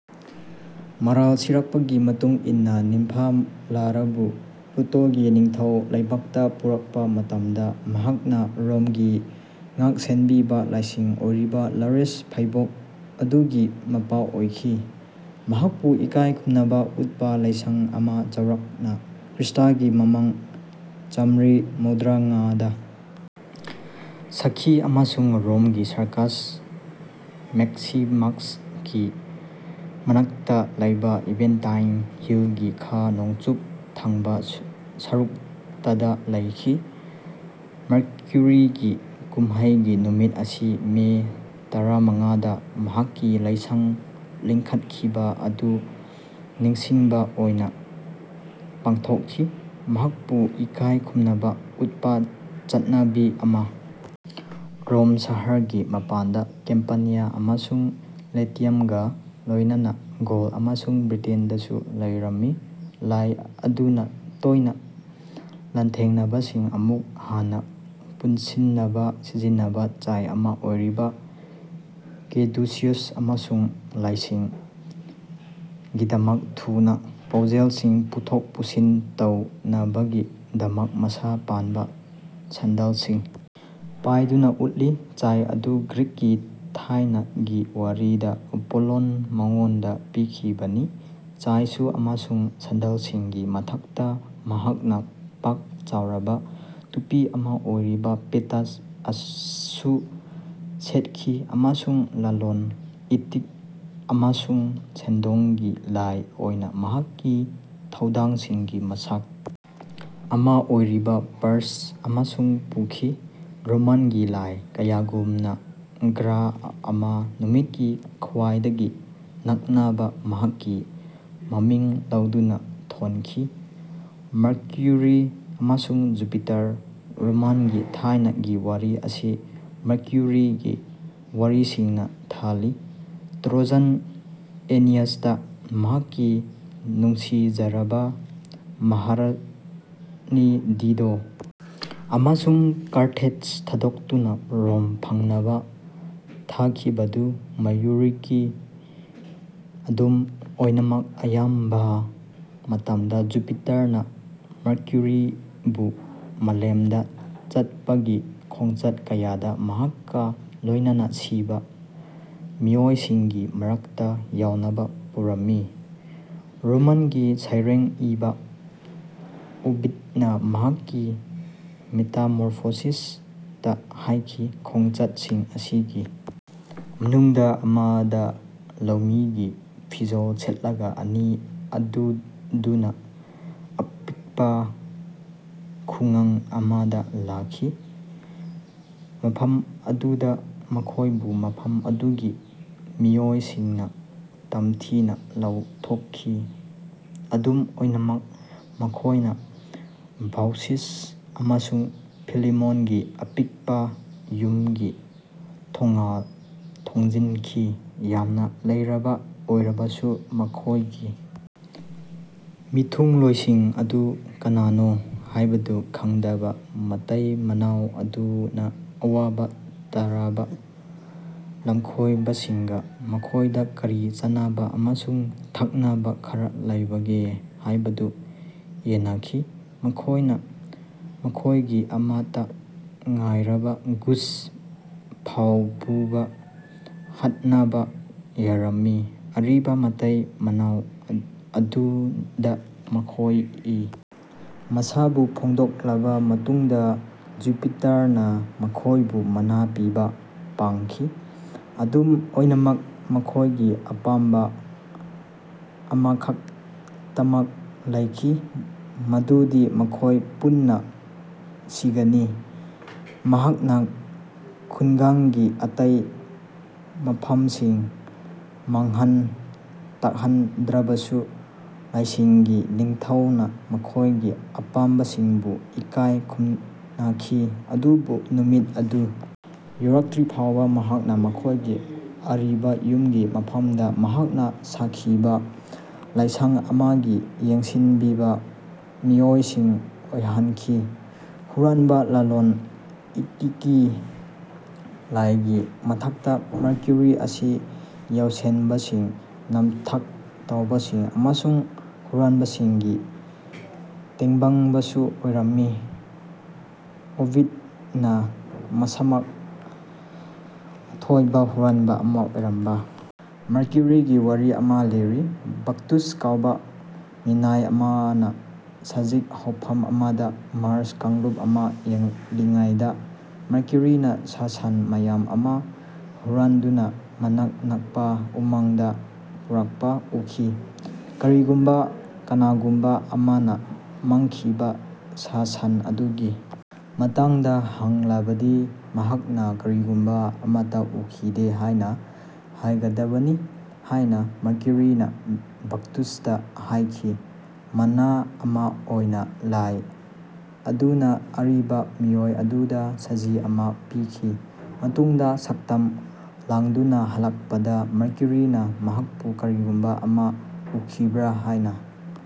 ꯃꯔꯥꯜ ꯁꯤꯔꯛꯄꯒꯤ ꯃꯇꯨꯡ ꯏꯟꯅ ꯅꯤꯝꯐ ꯂꯥꯔꯥꯕꯨ ꯄ꯭ꯂꯨꯇꯣꯒꯤ ꯅꯤꯡꯊꯧ ꯂꯩꯕꯥꯛꯇ ꯄꯨꯔꯛꯄ ꯃꯇꯝꯗ ꯃꯍꯥꯛꯅ ꯔꯣꯝꯒꯤ ꯉꯥꯛ ꯁꯦꯟꯕꯤꯕ ꯂꯥꯏꯁꯤꯡ ꯑꯣꯏꯔꯤꯕ ꯂꯥꯔꯦꯁ ꯐꯥꯏꯕꯣꯛ ꯑꯗꯨꯒꯤ ꯃꯄꯥ ꯑꯣꯏꯈꯤ꯫ ꯃꯍꯥꯛꯄꯨ ꯏꯀꯥꯏ ꯈꯨꯝꯅꯕ ꯎꯠꯄ ꯂꯥꯏꯁꯪ ꯑꯃ ꯆꯥꯎꯔꯥꯛꯅ ꯈ꯭ꯔꯤꯁ꯭ꯇꯒꯤ ꯃꯃꯥꯡ ꯆꯥꯃ꯭ꯔꯤ ꯃꯧꯗ꯭ꯔꯥꯉꯥꯗ ꯁꯥꯈꯤ ꯑꯃꯁꯨꯡ ꯔꯣꯝꯒꯤ ꯁꯔꯀꯁ ꯃꯦꯛꯁꯤꯃꯁꯀꯤ ꯃꯅꯥꯛꯇ ꯂꯩꯕ ꯑꯦꯚꯦꯟꯇꯥꯏꯟ ꯍꯤꯜꯒꯤ ꯈꯥ ꯅꯣꯡꯆꯨꯞ ꯊꯪꯕ ꯁꯔꯨꯛꯇ ꯂꯩꯈꯤ꯫ ꯃꯥꯔꯀ꯭ꯌꯨꯔꯤꯒꯤ ꯀꯨꯝꯍꯩꯒꯤ ꯅꯨꯃꯤꯠ ꯑꯁꯤ ꯃꯦ ꯇꯔꯥꯃꯉꯥꯗ ꯃꯍꯥꯛꯀꯤ ꯂꯥꯏꯁꯪ ꯂꯤꯡꯈꯠꯈꯤꯕ ꯑꯗꯨ ꯅꯤꯡꯁꯤꯡꯕ ꯑꯣꯏꯅ ꯄꯥꯡꯊꯣꯛꯈꯤ꯫ ꯃꯍꯥꯛꯄꯨ ꯏꯀꯥꯏ ꯈꯨꯝꯅꯕ ꯎꯠꯄ ꯆꯠꯅꯕꯤ ꯑꯃ ꯔꯣꯝ ꯁꯍꯔꯒꯤ ꯃꯄꯥꯟꯗ ꯀꯦꯝꯄꯥꯅꯤꯌꯥ ꯑꯃꯁꯨꯡ ꯂꯦꯇꯤꯌꯝꯒ ꯂꯣꯏꯅꯅ ꯒꯧꯜ ꯑꯃꯁꯨꯡ ꯕ꯭ꯔꯤꯇꯦꯟꯗꯁꯨ ꯂꯩꯔꯝꯃꯤ꯫ ꯂꯥꯏ ꯑꯗꯨꯅ ꯇꯣꯏꯅ ꯂꯥꯟꯊꯦꯡꯅꯕꯁꯤꯡ ꯑꯃꯨꯛ ꯍꯟꯅ ꯄꯨꯟꯁꯤꯟꯅꯕ ꯁꯤꯖꯤꯟꯅꯕ ꯆꯩ ꯑꯃ ꯑꯣꯏꯔꯤꯕ ꯀꯦꯗꯨꯁꯤꯌꯁ ꯑꯃꯁꯨꯡ ꯂꯥꯏꯁꯤꯡꯒꯤꯗꯃꯛꯇ ꯊꯨꯅ ꯄꯥꯎꯖꯦꯜꯁꯤꯡ ꯄꯨꯊꯣꯛ ꯄꯨꯁꯤꯟ ꯇꯧꯅꯕꯒꯤꯗꯃꯛ ꯃꯁꯥ ꯄꯥꯟꯕ ꯁꯦꯟꯗꯜꯁꯤꯡ ꯄꯥꯏꯗꯨꯅ ꯎꯠꯂꯤ꯫ ꯆꯩ ꯑꯗꯨ ꯒ꯭ꯔꯤꯛꯀꯤ ꯊꯥꯏꯅꯒꯤ ꯋꯥꯔꯤꯗ ꯑꯦꯄꯣꯂꯣꯅ ꯃꯉꯣꯟꯗ ꯄꯤꯈꯤꯕꯅꯤ꯫ ꯆꯩꯁꯨ ꯑꯃꯁꯨꯡ ꯁꯦꯟꯗꯜꯁꯤꯡꯒꯤ ꯃꯊꯛꯇ ꯃꯍꯥꯛꯅ ꯄꯥꯛ ꯆꯥꯎꯔꯕ ꯇꯨꯄꯤ ꯑꯃ ꯑꯣꯏꯔꯤꯕ ꯄꯦꯇꯥꯁꯁ ꯑꯃꯁꯨ ꯁꯦꯠꯈꯤ ꯑꯃꯁꯨꯡ ꯂꯂꯣꯟ ꯏꯇꯤꯛ ꯑꯃꯁꯨꯡ ꯁꯦꯟꯗꯣꯡꯒꯤ ꯂꯥꯏ ꯑꯣꯏꯅ ꯃꯍꯥꯛꯀꯤ ꯊꯧꯗꯥꯡꯁꯤꯡꯒꯤ ꯃꯁꯛ ꯑꯃ ꯑꯣꯏꯔꯤꯕ ꯄꯔ꯭ꯁ ꯑꯃꯁꯨ ꯄꯨꯈꯤ꯫ ꯔꯣꯃꯥꯟꯒꯤ ꯂꯥꯏ ꯀꯌꯥꯒꯨꯝꯅ ꯒ꯭ꯔꯍ ꯑꯃ ꯅꯨꯃꯤꯠꯀ ꯈ꯭ꯋꯥꯏꯗꯒꯤ ꯅꯛꯅꯕ ꯃꯍꯥꯛꯀꯤ ꯃꯃꯤꯡ ꯂꯧꯗꯨꯅ ꯊꯣꯟꯈꯤ꯫ ꯃꯔꯀ꯭ꯌꯨꯔꯤ ꯑꯃꯁꯨꯡ ꯖꯨꯄꯤꯇꯔ ꯔꯣꯃꯥꯟꯒꯤ ꯊꯥꯏꯅꯒꯤ ꯋꯥꯔꯤ ꯑꯁꯤ ꯃꯔꯀ꯭ꯌꯨꯔꯤꯒꯤ ꯋꯥꯔꯤꯁꯤꯡꯅ ꯊꯜꯂꯤ꯫ ꯇ꯭ꯔꯣꯖꯥꯟ ꯑꯦꯅꯤꯌꯥꯁꯇ ꯃꯍꯥꯛꯀꯤ ꯅꯨꯡꯁꯤꯖꯔꯕ ꯃꯍꯥꯔꯥꯅꯤ ꯗꯤꯗꯣ ꯑꯃꯁꯨꯡ ꯀꯥꯔꯊꯦꯖ ꯊꯥꯗꯣꯛꯇꯨꯅ ꯔꯣꯝ ꯐꯪꯅꯕ ꯊꯥꯈꯤꯕꯗꯨ ꯃꯥꯔꯀ꯭ꯌꯨꯔꯤꯅꯤ꯫ ꯑꯗꯨꯝ ꯑꯣꯏꯅꯃꯛ ꯑꯌꯥꯝꯕ ꯃꯇꯝꯗ ꯖꯨꯄꯤꯇꯔꯅ ꯃꯥꯔꯀ꯭ꯌꯨꯔꯤꯕꯨ ꯃꯥꯂꯦꯝꯗ ꯆꯠꯄꯒꯤ ꯈꯣꯡꯆꯠ ꯀꯌꯥꯗ ꯃꯍꯥꯛꯀ ꯂꯣꯏꯅꯅ ꯁꯤꯕ ꯃꯤꯑꯣꯏꯁꯤꯡꯒꯤ ꯃꯔꯛꯇ ꯌꯥꯎꯅꯕ ꯄꯨꯔꯝꯃꯤ꯫ ꯔꯣꯃꯥꯟꯒꯤ ꯁꯩꯔꯦꯡ ꯏꯕ ꯑꯣꯕꯤꯗꯅ ꯃꯍꯥꯛꯀꯤ ꯃꯦꯇꯥꯃꯣꯔꯐꯣꯁꯤꯁꯇ ꯍꯥꯏꯈꯤ ꯈꯣꯡꯆꯠꯁꯤꯡ ꯑꯁꯤꯒꯤ ꯃꯅꯨꯡꯗ ꯑꯃꯗ ꯂꯧꯃꯤꯒꯤ ꯐꯤꯖꯣꯜ ꯁꯦꯠꯂꯒ ꯑꯅꯤ ꯑꯗꯨꯅ ꯑꯄꯤꯛꯄ ꯈꯨꯡꯒꯪ ꯑꯃꯗ ꯂꯥꯛꯈꯤ ꯃꯐꯝ ꯑꯗꯨꯗ ꯃꯈꯣꯏꯕꯨ ꯃꯐꯝ ꯑꯗꯨꯒꯤ ꯃꯤꯑꯣꯏꯁꯤꯡꯅ ꯇꯝꯊꯤꯅ ꯂꯧꯊꯣꯛꯈꯤ꯫ ꯑꯗꯨꯝ ꯑꯣꯏꯅꯃꯛ ꯃꯈꯣꯏꯅ ꯕꯥꯎꯁꯤꯁ ꯑꯃꯁꯨꯡ ꯐꯤꯂꯦꯃꯣꯟꯒꯤ ꯑꯄꯤꯛꯄ ꯌꯨꯝꯒꯤ ꯊꯣꯡꯒꯥꯜ ꯊꯣꯡꯖꯤꯟꯈꯤ꯫ ꯌꯥꯝꯅ ꯂꯥꯏꯔꯕ ꯑꯣꯏꯔꯕꯁꯨ ꯃꯈꯣꯏꯒꯤ ꯃꯤꯊꯨꯡꯂꯣꯏꯁꯤꯡ ꯑꯗꯨ ꯀꯅꯥꯅꯣ ꯍꯥꯏꯕꯗꯨ ꯈꯪꯗꯕ ꯃꯇꯩ ꯃꯅꯥꯎ ꯑꯗꯨꯅ ꯑꯋꯥꯕ ꯇꯥꯔꯕ ꯂꯝꯀꯣꯏꯕꯁꯤꯡꯒ ꯃꯈꯣꯏꯗ ꯀꯔꯤ ꯆꯥꯅꯕ ꯑꯃꯁꯨꯡ ꯊꯛꯅꯕ ꯈꯔ ꯂꯩꯕꯒꯦ ꯍꯥꯏꯕꯗꯨ ꯌꯦꯟꯅꯈꯤ꯫ ꯃꯈꯣꯏꯅ ꯃꯈꯣꯏꯒꯤ ꯑꯃꯠꯇ ꯉꯥꯏꯔꯕ ꯒꯨꯁ ꯐꯥꯎꯕ ꯍꯥꯠꯅꯕ ꯌꯥꯔꯝꯃꯤ꯫ ꯑꯔꯤꯕ ꯃꯇꯩ ꯃꯅꯥꯎ ꯑꯗꯨꯗ ꯃꯈꯣꯏ ꯃꯁꯥꯕꯨ ꯐꯣꯡꯗꯣꯛꯂꯕ ꯃꯇꯨꯡꯗ ꯖꯨꯄꯤꯇꯔꯅ ꯃꯈꯣꯏꯕꯨ ꯃꯅꯥ ꯄꯤꯕ ꯄꯥꯝꯈꯤ꯫ ꯑꯗꯨꯝ ꯑꯣꯏꯅꯃꯛ ꯃꯈꯣꯏꯒꯤ ꯑꯄꯥꯝꯕ ꯑꯃꯈꯛꯇꯃꯛ ꯂꯩꯈꯤ ꯃꯗꯨꯗꯤ ꯃꯈꯣꯏ ꯄꯨꯟꯅ ꯁꯤꯒꯅꯤ꯫ ꯃꯍꯥꯛꯅ ꯈꯨꯡꯒꯪꯒꯤ ꯑꯇꯩ ꯃꯐꯝꯁꯤꯡ ꯃꯥꯡꯍꯟ ꯇꯥꯛꯍꯟꯈ꯭ꯔꯕꯁꯨ ꯂꯥꯏꯁꯤꯡꯒꯤ ꯅꯤꯡꯊꯧꯅ ꯃꯈꯣꯏꯒꯤ ꯑꯄꯥꯝꯕꯁꯤꯡꯕꯨ ꯏꯀꯥꯏ ꯈꯨꯝꯅꯈꯤ ꯑꯗꯨꯕꯨ ꯅꯨꯃꯤꯠ ꯑꯗꯨ ꯌꯧꯔꯛꯇ꯭ꯔꯤꯐꯥꯎꯕ ꯃꯍꯥꯛꯅ ꯃꯈꯣꯏꯒꯤ ꯑꯔꯤꯕ ꯌꯨꯝꯒꯤ ꯃꯐꯝꯗ ꯃꯍꯥꯛꯅ ꯁꯥꯈꯤꯕ ꯂꯥꯏꯁꯪ ꯑꯃꯒꯤ ꯌꯦꯡꯁꯤꯟꯕꯤꯕ ꯃꯤꯑꯣꯏꯁꯤꯡ ꯑꯣꯏꯍꯟꯈꯤ꯫ ꯍꯨꯔꯥꯟꯕ ꯂꯂꯣꯟ ꯏꯇꯤꯛꯀꯤ ꯂꯥꯏꯒꯤ ꯃꯊꯛꯇ ꯃꯥꯔꯀ꯭ꯌꯨꯔꯤ ꯑꯁꯤ ꯌꯥꯎꯁꯦꯟꯕꯁꯤꯡ ꯅꯝꯊꯥꯛ ꯇꯧꯕꯁꯤꯡ ꯑꯃꯁꯨꯡ ꯍꯨꯔꯥꯟꯕꯁꯤꯡꯒꯤ ꯇꯦꯡꯕꯥꯡꯕꯁꯨ ꯑꯣꯏꯔꯝꯃꯤ꯫ ꯑꯣꯚꯤꯗꯅ ꯃꯁꯥꯃꯛ ꯑꯊꯣꯏꯕ ꯍꯨꯔꯥꯟꯕ ꯑꯃꯥ ꯑꯣꯏꯔꯝꯕ ꯃꯔꯀ꯭ꯌꯨꯔꯤꯒꯤ ꯋꯥꯔꯤ ꯑꯃ ꯂꯤꯔꯤ꯫ ꯕꯠꯇꯨꯁ ꯀꯧꯕ ꯃꯤꯅꯥꯏ ꯑꯃꯅ ꯁꯖꯤꯛ ꯍꯧꯐꯝ ꯑꯃꯗ ꯃꯥꯔ꯭ꯁ ꯀꯥꯡꯂꯨꯞ ꯑꯃ ꯌꯦꯡꯂꯤꯉꯩꯗ ꯃꯔꯀ꯭ꯌꯨꯔꯤꯅ ꯁꯥ ꯁꯟ ꯃꯌꯥꯝ ꯑꯃ ꯍꯨꯔꯥꯟꯗꯨꯅ ꯃꯅꯥꯛ ꯅꯛꯄ ꯎꯃꯪꯗ ꯄꯨꯔꯛꯄ ꯎꯈꯤ꯫ ꯀꯔꯤꯒꯨꯝꯕ ꯀꯅꯥꯒꯨꯝꯕ ꯑꯃꯅ ꯃꯥꯡꯈꯤꯕ ꯁꯥ ꯁꯟ ꯑꯗꯨꯒꯤ ꯃꯇꯥꯡꯗ ꯍꯪꯂꯕꯗꯤ ꯃꯍꯥꯛꯅ ꯀꯔꯤꯒꯨꯝꯕ ꯑꯃꯠꯇ ꯎꯈꯤꯗꯦ ꯍꯥꯏꯅ ꯍꯥꯏꯒꯗꯕꯅꯤ ꯍꯥꯏꯅ ꯃꯥꯔꯀ꯭ꯌꯨꯔꯤꯅ ꯕꯠꯇꯨꯁꯇ ꯍꯥꯏꯈꯤ꯫ ꯃꯅꯥ ꯑꯃ ꯑꯣꯏꯅ ꯂꯥꯏ ꯑꯗꯨꯅ ꯑꯔꯤꯕ ꯃꯤꯑꯣꯏ ꯑꯗꯨꯗ ꯁꯖꯤ ꯑꯃ ꯄꯤꯈꯤ꯫ ꯃꯇꯨꯡꯗ ꯁꯛꯇꯝ ꯂꯥꯡꯗꯨꯅ ꯍꯜꯂꯛꯄꯗ ꯃꯔꯀ꯭ꯌꯨꯔꯤꯅ ꯃꯍꯥꯛꯄꯨ ꯀꯔꯤꯒꯨꯝꯕ ꯑꯃ ꯎꯈꯤꯕ꯭ꯔꯥ ꯍꯥꯏꯅ